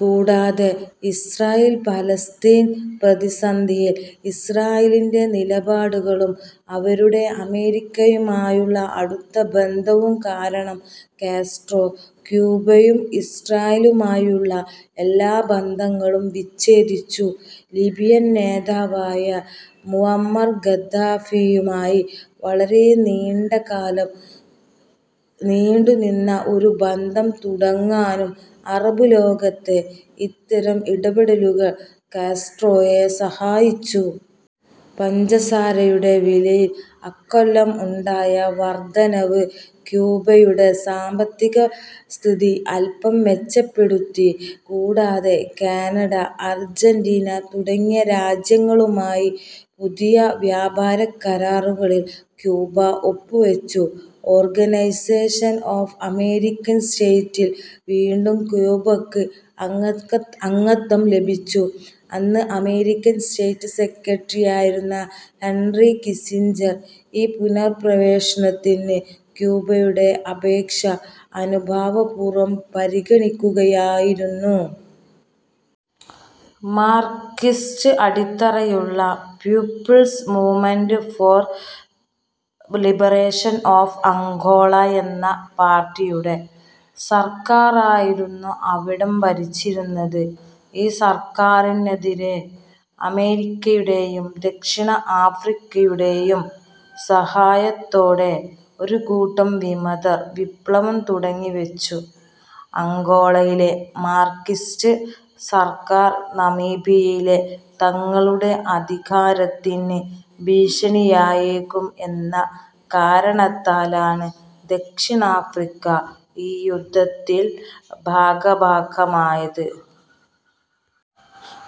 കൂടാതെ ഇസ്രായേൽ-പാലസ്തീൻ പ്രതിസന്ധിയിൽ ഇസ്രായേലിന്റെ നിലപാടുകളും അവരുടെ അമേരിക്കയുമായുള്ള അടുത്ത ബന്ധവും കാരണം കാസ്ട്രോ ക്യൂബയും ഇസ്രായേലുമായുള്ള എല്ലാ ബന്ധങ്ങളും വിച്ഛേദിച്ചു. ലിബിയൻ നേതാവായ മുവമ്മർ ഗദ്ദാഫിയുമായി വളരെ നീണ്ട കാലം നീണ്ടുനിന്ന ഒരു ബന്ധം തുടങ്ങാനും അറബ് ലോകത്തെ ഇത്തരം ഇടപെടലുകൾ കാസ്ട്രോയെ സഹായിച്ചു. പഞ്ചസാരയുടെ വിലയിൽ അക്കൊല്ലം ഉണ്ടായ വർദ്ധനവ് ക്യൂബയുടെ സാമ്പത്തിക സ്ഥിതി അൽപം മെച്ചപ്പെടുത്തി. കൂടാതെ, കാനഡ, അർജന്റീന തുടങ്ങിയ രാജ്യങ്ങളുമായി പുതിയ വ്യാപാര കരാറുകളിൽ ക്യൂബ ഒപ്പുവെച്ചു. ഓർഗനൈസേഷൻ ഓഫ് അമേരിക്കൻ സ്റ്റേറ്റ്സിൽ വീണ്ടും ക്യൂബക്ക് അംഗത്വം ലഭിച്ചു. അന്ന് അമേരിക്കൻ സ്റ്റേറ്റ് സെക്രട്ടറിയായിരുന്ന ഹെൻറി കിസ്സിഞ്ചർ ഈ പുനർപ്രവേശനത്തിന് ക്യൂബയുടെ അപേക്ഷ അനുഭാവപൂർവ്വം പരിഗണിക്കുകയായിരുന്നു. മാർക്സിസ്റ്റ് അടിത്തറയുള്ള pupils movement for liberation of Angola എന്ന പാർട്ടിയുടെ സർക്കാരായിരുന്ന അവിടം ഭരിച്ചിരുന്നത്. ഈ സർക്കാരിനെതിരേ അമേരിക്കയുടെയും, ദക്ഷിണ ആഫ്രിക്കയുടേയും സഹായത്തോടെ ഒരുകൂട്ടം വിമതർ വിപ്ലവം തുടങ്ങിവെച്ചു. അംഗോളയിലെ മാർക്സിസ്റ്റ് സർക്കാർ നമീബിയയിലെ തങ്ങളുടെ അധികാരത്തിന് ഭീഷണിയായേക്കും എന്ന കാരണത്താലാണ് ദക്ഷിണാഫ്രിക്ക ഈ യുദ്ധത്തിൽ ഭാഗഭാക്കായത്.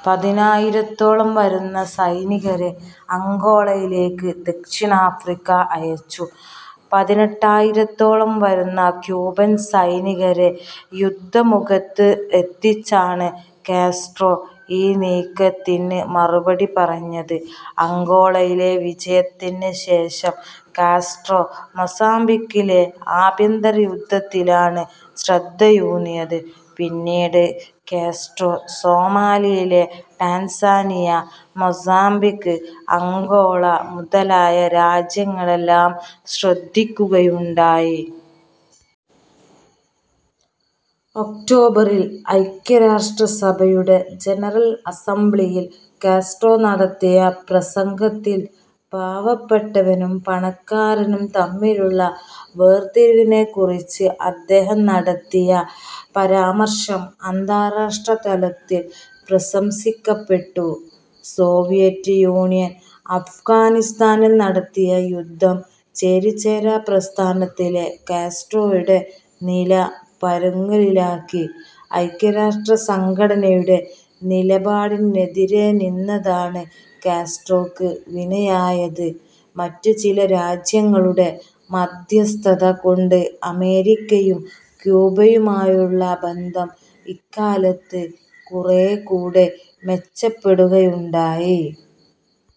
പതിനായിരത്തോളം വരുന്ന സൈനികരെ അംഗോളയിലേക്ക് ദക്ഷിണാഫ്രിക്ക അയച്ചു. പതിനെട്ടായിരത്തോളം വരുന്ന ക്യൂബൻ സൈനികരെ യുദ്ധമുഖത്ത് എത്തിച്ചാണ് കാസ്ട്രോ ഈ നീക്കത്തിനു മറുപടി പറഞ്ഞത്. അംഗോളയിലെ വിജയത്തിനുശേഷം കാസ്ട്രോ മൊസാംബിക്കിലെ ആഭ്യന്തര യുദ്ധത്തിലാണ് ശ്രദ്ധയൂന്നിയത്. പിന്നീട് Castro Somalia, Tanzania, Mozambique Angola മുതലായ രാജ്യങ്ങളെല്ലാം സന്ദർശിക്കുകയുണ്ടായി. ഒക്ടോബറിൽ ഐക്യരാഷ്ട്രസഭയുടെ ജനറൽ അസ്സംബ്ലിയിൽ കാസ്ട്രോ നടത്തിയ പ്രസംഗത്തിൽ പാവപ്പെട്ടവനും പണക്കാരനും തമ്മിലുള്ള വേർതിരിവിനെക്കുറിച്ച് അദ്ദേഹം നടത്തിയ പരാമർശം അന്താരാഷ്ട്രതലത്തിൽ പ്രശംസിക്കപ്പെട്ടു. സോവിയറ്റ് യൂണിയൻ അഫ്ഗാനിസ്ഥാനിൽ നടത്തിയ യുദ്ധം ചേരിചേരാ പ്രസ്ഥാനത്തിലെ കാസ്ട്രോയുടെ നില പരുങ്ങലിലാക്കി. ഐക്യരാഷ്ട്രസംഘടനയുടെ നിലപാടിനെതിരേ നിന്നതാണ് കാസ്ട്രോയ്ക്ക് വിനയായത്. മറ്റ് ചില രാജ്യങ്ങളുടെ മദ്ധ്യസ്ഥത കൊണ്ട് അമേരിക്കയും ക്യൂബയുമായുള്ള ബന്ധം ഇക്കാലത്ത് കുറേക്കുടി മെച്ചപ്പെടുകയുണ്ടായി.